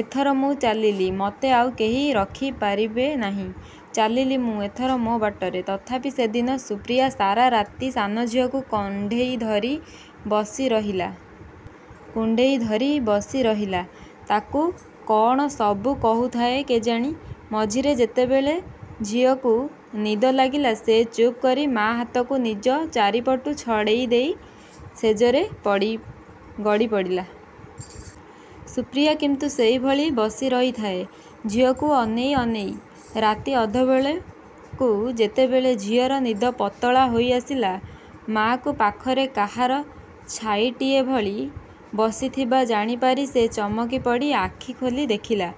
ଏଥର ମୁଁ ଚାଲିଲି। ମତେ ଆଉ କେହି ରଖିପାରିବେ ନାହିଁ। ଚାଲିଲି ମୁଁ ଏଥର ମୋ ବାଟରେ! ତଥାପି ସେଦିନ ସୁପ୍ରିୟା ସାରା ରାତି ସାନଝିଅକୁ କୁଣ୍ଢେଇ ଧରି ବସିରହିଲା। ତାକୁ କଅଣ ସବୁ କହୁଥାଏ କେଜାଣି। ମଝିରେ ଯେତେବେଳେ ଝିଅକୁ ନିଦ ଲାଗିଲା, ସେ ଚୁପକରି ମା' ହାତକୁ ନିଜ ଚାରିପଟୁ ଛଡ଼େଇ ଦେଇ ଶେଯରେ ଗଡ଼ିପଡ଼ିଲା। ସୁପ୍ରିୟା କିନ୍ତୁ ସେଇଭଳି ବସିରହିଥାଏ, ଝିଅକୁ ଅନେଇ ଅନେଇ। ରାତି ଅଧବେଳକୁ ଯେତେବେଳେ ଝିଅର ନିଦ ପତଳା ହୋଇଆସିଲା, ମା'କୁ ପାଖରେ କାହାର ଛାଇଟିଏ ଭଳି ବସିଥିବା ଜାଣିପାରି ସେ ଚମକିପଡ଼ି ଆଖି ଖୋଲି ଦେଖିଲା।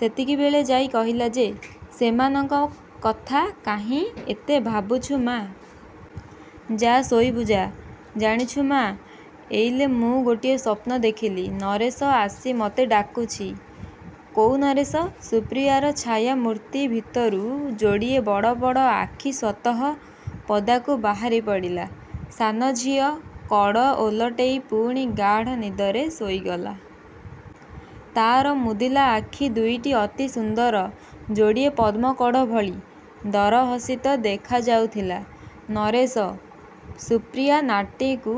ସେତିକିବେଳେ ଯାଇ କହିଲା ସେ, ସେମାନଙ୍କ କଥା କାହିଁକି ଏତେ ଭାବୁଛୁ ମା! ଯା ଶୋଇବୁ ଯା। ଜାଣିଛୁ ମା, ଏଇଲେ ମୁଁ ଗୋଟିଏ ସ୍ୱପ୍ନ ଦେଖିଲି। ନରେଶ ଆସି ମତେ ଡାକୁଛି! କୋଉ ନରେଶ? ସୁପ୍ରିୟାର ଛାୟାମୂର୍ତ୍ତି ଭିତରୁ ଯୋଡ଼ିଏ ବଡ଼ ବଡ଼ ଆଖି ସ୍ୱତଃ ପଦାକୁ ବାହାରିପଡ଼ିଲା। ସାନଝିଅ କଡ଼ ଓଲଟେଇ ପୁଣି ଗାଢ଼ ନିଦରେ ଶୋଇଗଲା। ତାର ମୁଦିଲା ଆଖି ଦୁଇଟି ଅତି ସୁନ୍ଦର ଯୋଡ଼ିଏ ପଦ୍ମକଢ଼ ଭଳି ଦରହସିତ ଦେଖାଯାଉଥିଲା। ନରେଶ! ସୁପ୍ରିୟା ନାଁଟିକୁ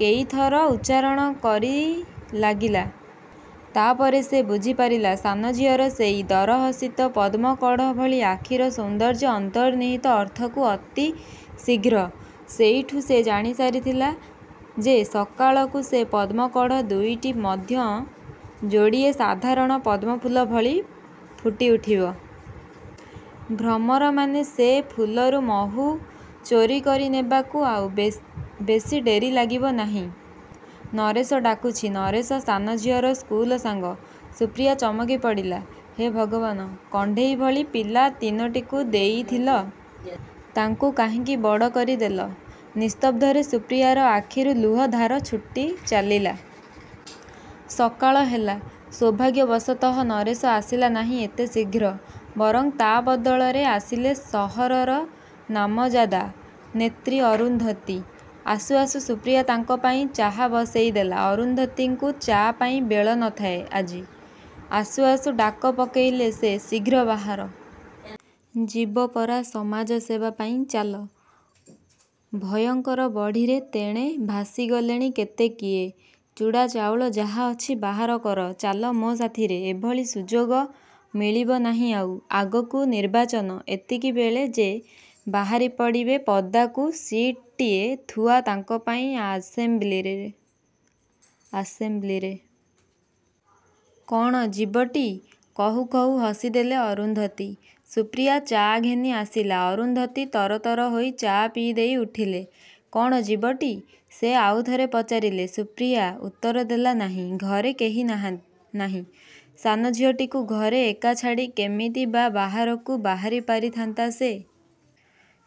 କେଇଥର ଉଚ୍ଚାରଣ କରିଲାଗିଲା। ତା'ପରେ ସେ ବୁଝିପାରିଲା ସାନଝିଅର ସେଇ ଦରହସିତ ପଦ୍ମକଢ଼ ଭଳି ଆଖିର ସୌନ୍ଦର୍ଯ୍ୟ ଅନ୍ତର୍ନିହିତ ଅର୍ଥକୁ ଅତି ଶୀଘ୍ର। ସେଇଠୁ ସେ ଜାଣିସାରିଥିଲା ଯେ ସକାଳକୁ ସେ ପଦ୍ମକଢ଼ ଦୁଇଟି ମଧ୍ୟ ଯୋଡ଼ିଏ ସାଧାରଣ ପଦ୍ମଫୁଲ ଭଳି ଫୁଟିଉଠିବ। ଭ୍ରମରମାନେ ସେ ଫୁଲରୁ ମହୁ ଚୋରି କରିନେବାକୁ ଆଉ ବେଶୀ ଡେରି ଲାଗିବ ନାହିଁ। ନରେଶ ଡାକୁଛି! ନରେଶ ସାନଝିଅର ସ୍କୁଲ ସାଙ୍ଗ। ସୁପ୍ରିୟା ଚମକିପଡ଼ିଲା। ହେ ଭଗବାନ! କଣ୍ଢେଇ ଭଳି ପିଲା ତିନୋଟିଙ୍କୁ ଦେଇଥିଲ, ତାଙ୍କୁ କାହିଁକି ବଡ଼ କରିଦେଲ! ନିସ୍ତବ୍ଧରେ ସୁପ୍ରିୟାର ଆଖିରୁ ଲୁହ ଧାର ଛୁଟି ଚାଲିଲା। ସକାଳ ହେଲା। ସୌଭାଗ୍ୟବଶତଃ ନରେଶ ଆସିଲା ନାହିଁ ଏତେ ଶୀଘ୍ର। ବରଂ ତା' ବଦଳରେ ଆସିଲେ ସହରର ନାମଜାଦା ନେତ୍ରୀ ଅରୁନ୍ଧତୀ! ଆସୁ ଆସୁ ସୁପ୍ରିୟା ତାଙ୍କ ପାଇଁ ଚାହା ବସେଇଦେଲା। ଅରୁନ୍ଧତୀଙ୍କୁ ଚା' ପାଇଁ ବେଳ ନ ଥାଏ ଆଜି। ଆସୁ ଆସୁ ଡାକ ପକେଇଲେ ସେ, ଶୀଘ୍ର ବାହାର। ଯିବ ପରା ସମାଜସେବା ପାଇଁ। ଚାଲ, ଭୟଙ୍କର ବଢ଼ିରେ ତେଣେ ଭାସିଗଲେଣି କେତେ କିଏ। ଚୂଡ଼ା ଚାଉଳ ଯାହା ଅଛି ବାହାର କର। ଚାଲ ମୋ ସାଥିରେ। ଏଭଳି ସୁଯୋଗ ମିଳିବ ନାହିଁ ଆଉ। ଆଗକୁ ନିର୍ବାଚନ। ଏତିକିବେଳେ ଯେ ବାହାରିପଡ଼ିବେ ପଦାକୁ ସିଟ୍‌ଟିଏ ଥୁଆ ତାଙ୍କ ପାଇଁ ଆସେମ୍ବ୍ଲିରେ। କ'ଣ ଯିବଟି? କହୁ କହୁ ହସିଦେଲେ ଅରୁନ୍ଧତୀ। ସୁପ୍ରିୟା ଚା' ଘେନି ଆସିଲା। ଅରୁନ୍ଧତୀ ତରତର ହୋଇ ଚା' ପିଇଦେଇ ଉଠିଲେ। କ'ଣ ଯିବଟି? ସେ ଆଉ ଥରେ ପଚାରିଲେ। ସୁପ୍ରିୟା ଉତ୍ତର ଦେଲା ନାହିଁ। ଘରେ କେହି ନାହିଁ। ସାନଝିଅଟିକୁ ଘରେ ଏକା ଛାଡ଼ି କେମିତି ବା ବାହାରକୁ ବାହାରିପାରିଥାନ୍ତା ସେ।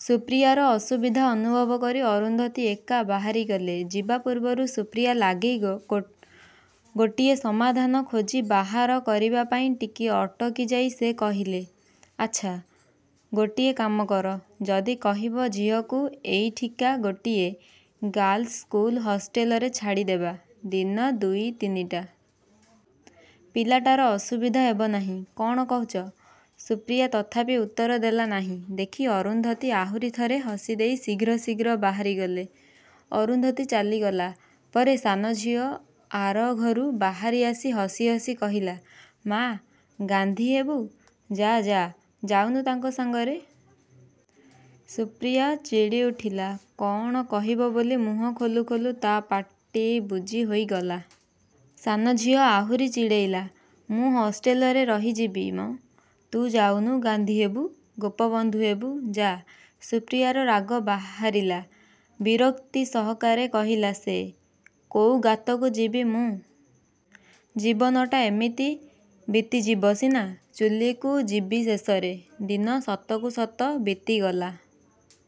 ସୁପ୍ରିୟାର ଅସୁବିଧା ଅନୁଭବ କରି ଅରୁନ୍ଧତୀ ଏକା ବାହାରିଗଲେ। ଯିବା ପୂର୍ବରୁ ସୁପ୍ରିୟା ଲାଗି ଗୋଟିଏ ସମାଧାନ ଖୋଜି ବାହାର କରିବା ପାଇଁ ଟିକିଏ ଅଟକିଯାଇ ସେ କହିଲେ, ଆଚ୍ଛା, ଗୋଟିଏ କାମ କର। ଯଦି କହିବ ଝିଅକୁ ଏଇଠିକା ଗୋଟିଏ ଗାର୍ଲସ ସ୍କୁଲ ହଷ୍ଟେଲରେ ଛାଡ଼ିଦେବା, ଦିନ ଦୁଇ ତିନିଟା। ପିଲାଟାର ଅସୁବିଧା ହେବ ନାହିଁ। କ'ଣ କହୁଛ? ସୁପ୍ରିୟା ତଥାପି ଉତ୍ତର ଦେଲା ନାହିଁ ଦେଖି ଅରୁନ୍ଧତୀ ଆହୁରି ଥରେ ହସିଦେଇ ଶୀଘ୍ର ଶୀଘ୍ର ବାହାରିଗଲେ। ଅରୁନ୍ଧତୀ ଚାଲିଗଲା ପରେ ସାନଝିଅ ଆରଘରୁ ବାହାରିଆସି ହସିହସି କହିଲା, ମା, ଗାନ୍ଧୀ ହେବୁ? ଯା ଯା, ଯାଉନୁ ତାଙ୍କ ସାଙ୍ଗରେ। ସୁପ୍ରିୟା ଚିଡ଼ିଉଠିଲା। କଅଣ କହିବ ବୋଲି ମୁହଁ ଖୋଲୁ ଖୋଲୁ ତା' ପାଟି ବୁଜିହୋଇଗଲା। ସାନଝିଅ ଆହୁରି ଚିଡ଼େଇଲା, ମୁଁ ହଷ୍ଟେଲରେ ରହିଯିବି ମ! ତୁ ଯାଉନୁ ଗାନ୍ଧୀ ହେବୁ ଗୋପବନ୍ଧୁ ହେବୁ, ଯା! ସୁପ୍ରିୟାର ରାଗ ବାହାରିଲା। ବିରକ୍ତି ସହକାରେ କହିଲା ସେ, କୋଉ ଗାତକୁ ଯିବି ମୁଁ! ଜୀବନଟା ଏମିତି ବିତିଯିବ ସିନା, ଚୁଲିକୁ ଯିବି ଶେଷରେ। ଦିନ ସତକୁ ସତ ବିତିଗଲା।